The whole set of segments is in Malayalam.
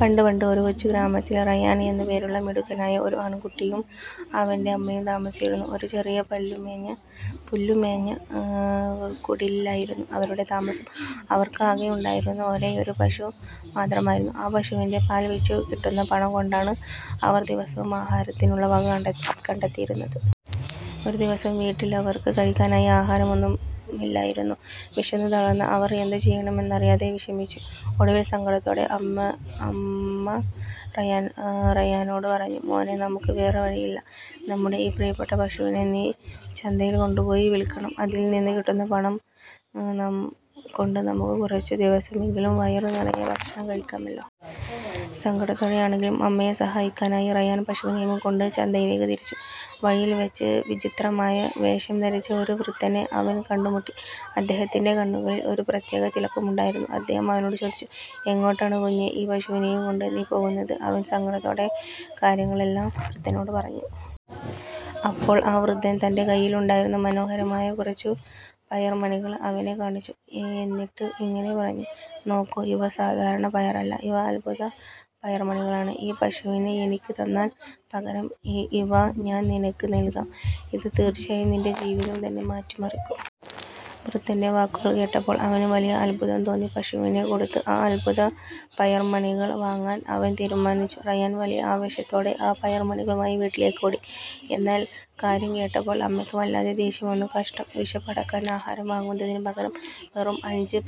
പണ്ട് പണ്ട്, ഒരു കൊച്ചു ഗ്രാമത്തിൽ റയാൻ എന്നു പേരുള്ള മിടുക്കനായ ഒരു ആൺകുട്ടിയും അവന്റെ അമ്മയും താമസിച്ചിരുന്നു. ഒരു ചെറിയ പുല്ലുമേഞ്ഞ കുടിലിലായിരുന്നു അവരുടെ താമസം. അവർക്ക് ആകെയുണ്ടായിരുന്നത് ഒരേയൊരു പശു മാത്രമായിരുന്നു. ആ പശുവിന്റെ പാൽ വിറ്റു കിട്ടുന്ന പണം കൊണ്ടാണ് അവർ ദിവസവും ആഹാരത്തിനുള്ള വക കണ്ടെത്തിയിരുന്നത്. ഒരു ദിവസം വീട്ടിൽ അവർക്ക് കഴിക്കാനായി ആഹാരം ഒന്നുമില്ലായിരുന്നു. വിശന്നു തളർന്ന അവർ എന്തു ചെയ്യണമെന്നറിയാതെ വിഷമിച്ചു. ഒടുവിൽ സങ്കടത്തോടെ അമ്മ റയാനോട് പറഞ്ഞു: "മോനേ, നമുക്ക് വേറെ വഴിയില്ല. നമ്മുടെ ഈ പ്രിയപ്പെട്ട പശുവിനെ നീ ചന്തയിൽ കൊണ്ടുപോയി വിൽക്കണം. അതിൽ നിന്ന് കിട്ടുന്ന പണം കൊണ്ട് നമുക്ക് കുറച്ചു ദിവസമെങ്കിലും വയറുനിറയെ ഭക്ഷണം കഴിക്കാമല്ലോ. " സങ്കടത്തോടെയാണെങ്കിലും അമ്മയെ സഹായിക്കാനായി റയാൻ പശുവിനെയും കൊണ്ട് ചന്തയിലേക്ക് തിരിച്ചു. വഴിയിൽവച്ച് വിചിത്രമായ വേഷം ധരിച്ച ഒരു വൃദ്ധനെ അവൻ കണ്ടുമുട്ടി. അദ്ദേഹത്തിന്റെ കണ്ണുകളിൽ ഒരു പ്രത്യേക തിളക്കമുണ്ടായിരുന്നു. അദ്ദേഹം അവനോട് ചോദിച്ചു: "എങ്ങോട്ടാണ് കുഞ്ഞേ, ഈ പശുവിനെയും കൊണ്ട് നീ പോകുന്നത്? " അവൻ സങ്കടത്തോടെ കാര്യങ്ങളെല്ലാം വൃദ്ധനോട് പറഞ്ഞു. അപ്പോൾ ആ വൃദ്ധൻ തന്റെ കയ്യിലുണ്ടായിരുന്ന മനോഹരമായ കുറച്ച് പയർമണികൾ അവനെ കാണിച്ചു. എന്നിട്ട് ഇങ്ങനെ പറഞ്ഞു: "നോക്കൂ, ഇവ സാധാരണ പയറല്ല, ഇവ അത്ഭുത പയർമണികളാണ്. ഈ പശുവിനെ എനിക്ക് തന്നാൽ, പകരം ഇവ ഞാൻ നിനക്ക് നൽകാം. ഇത് തീർച്ചയായും നിന്റെ ജീവിതം തന്നെ മാറ്റിമറിക്കും. " വൃദ്ധന്റെ വാക്കുകൾ കേട്ടപ്പോൾ അവന് വലിയ അത്ഭുതം തോന്നി. പശുവിനെ കൊടുത്ത് ആ അത്ഭുത പയർമണികൾ വാങ്ങാൻ അവൻ തീരുമാനിച്ചു. റയാൻ വലിയ ആവേശത്തോടെ ആ പയർമണികളുമായി വീട്ടിലേക്ക് ഓടി. എന്നാൽ കാര്യം കേട്ടപ്പോൾ അമ്മയ്ക്ക് വല്ലാതെ ദേഷ്യം വന്നു. "കഷ്ടം! വിശപ്പടക്കാൻ ആഹാരം വാങ്ങുന്നതിന് പകരം വെറും അഞ്ച്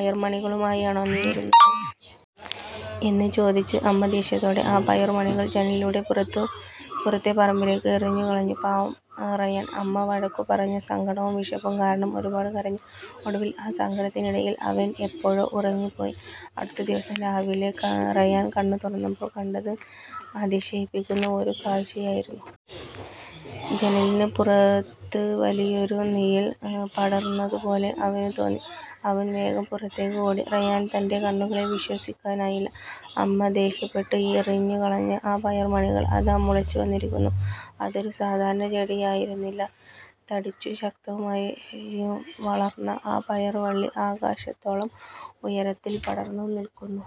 പയർമണികളുമായാണോ നീ വരുന്നത്? " എന്ന് ചോദിച്ച് അമ്മ ദേഷ്യത്തോടെ ആ പയർമണികൾ ജനലിലൂടെ പുറത്തെ പറമ്പിലേക്ക് എറിഞ്ഞു കളഞ്ഞു. പാവം റയാൻ! അമ്മ വഴക്കു പറഞ്ഞ സങ്കടവും വിശപ്പും കാരണം ഒരുപാട് കരഞ്ഞു. ഒടുവിൽ, ആ സങ്കടത്തിനിടയിൽ അവൻ എപ്പോഴോ ഉറങ്ങിപ്പോയി. അടുത്ത ദിവസം രാവിലെ റയാൻ കണ്ണ് തുറന്നപ്പോൾ കണ്ടത് അതിശയിപ്പിക്കുന്ന ഒരു കാഴ്ചയായിരുന്നു! ജനലിന് പുറത്ത് വലിയൊരു നിഴൽ പടർന്നതുപോലെ അവന് തോന്നി. അവൻ വേഗം പുറത്തേക്ക് ഓടി. റയാന് തന്റെ കണ്ണുകളെ വിശ്വസിക്കാനായില്ല. അമ്മ ദേഷ്യപ്പെട്ട് എറിഞ്ഞുകളഞ്ഞ ആ പയർമണികൾ അതാ മുളച്ചു വന്നിരിക്കുന്നു. അതൊരു സാധാരണ ചെടിയല്ലായിരുന്നു. തടിച്ചും ശക്തമായും വളർന്ന ആ പയർവള്ളി ആകാശത്തോളം ഉയരത്തിൽ പടർന്നു നിൽക്കുന്നു.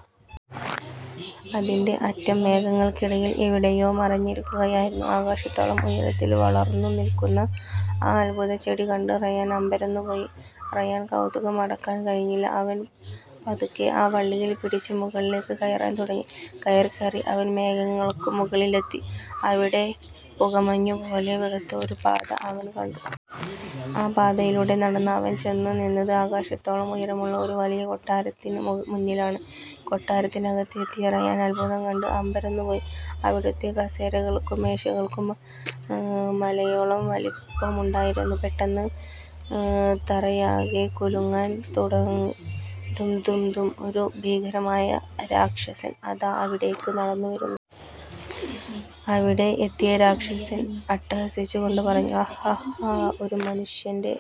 അതിന്റെ അറ്റം മേഘങ്ങൾക്കിടയിൽ എവിടെയോ മറഞ്ഞിരിക്കുകയായിരുന്നു. ആകാശത്തോളം ഉയരത്തിൽ വളർന്നു നിൽക്കുന്ന ആ അത്ഭുതചെടി കണ്ട് റയാൻ അമ്പരന്നുപോയി! റയാന് കൗതുകം അടക്കാൻ കഴിഞ്ഞില്ല. അവൻ പതുക്കെ ആ വള്ളിയിൽ പിടിച്ച് മുകളിലേക്ക് കയറാൻ തുടങ്ങി. കയറി കയറി അവൻ മേഘങ്ങൾക്കും മുകളിലെത്തി! അവിടെ പുകമഞ്ഞു പോലെ വെളുത്ത ഒരു പാത അവൻ കണ്ടു. ആ പാതയിലൂടെ നടന്ന അവൻ ചെന്നു നിന്നത് ആകാശത്തോളം ഉയരമുള്ള ഒരു വലിയ കൊട്ടാരത്തിന് മുന്നിലാണ്. കൊട്ടാരത്തിനകത്ത് എത്തിയ റയാൻ അത്ഭുതം കൊണ്ട് അമ്പരന്നുപോയി. അവിടുത്തെ കസേരകൾക്കും മേശകൾക്കും മലയോളം വലിപ്പമുണ്ടായിരുന്നു. പെട്ടെന്ന് തറയാകെ കുലുങ്ങാൻ തുടങ്ങി. ധും! ധും! ധും! ഒരു ഭീകരനായ രാക്ഷസൻ അതാ അവിടേക്ക് നടന്നുവരുന്നു! അവിടെ എത്തിയ രാക്ഷസൻ അട്ടഹസിച്ചു കൊണ്ട് പറഞ്ഞു: "ഹ! ഹ! ഹാ! ഒരു മനുഷ്യന്റെ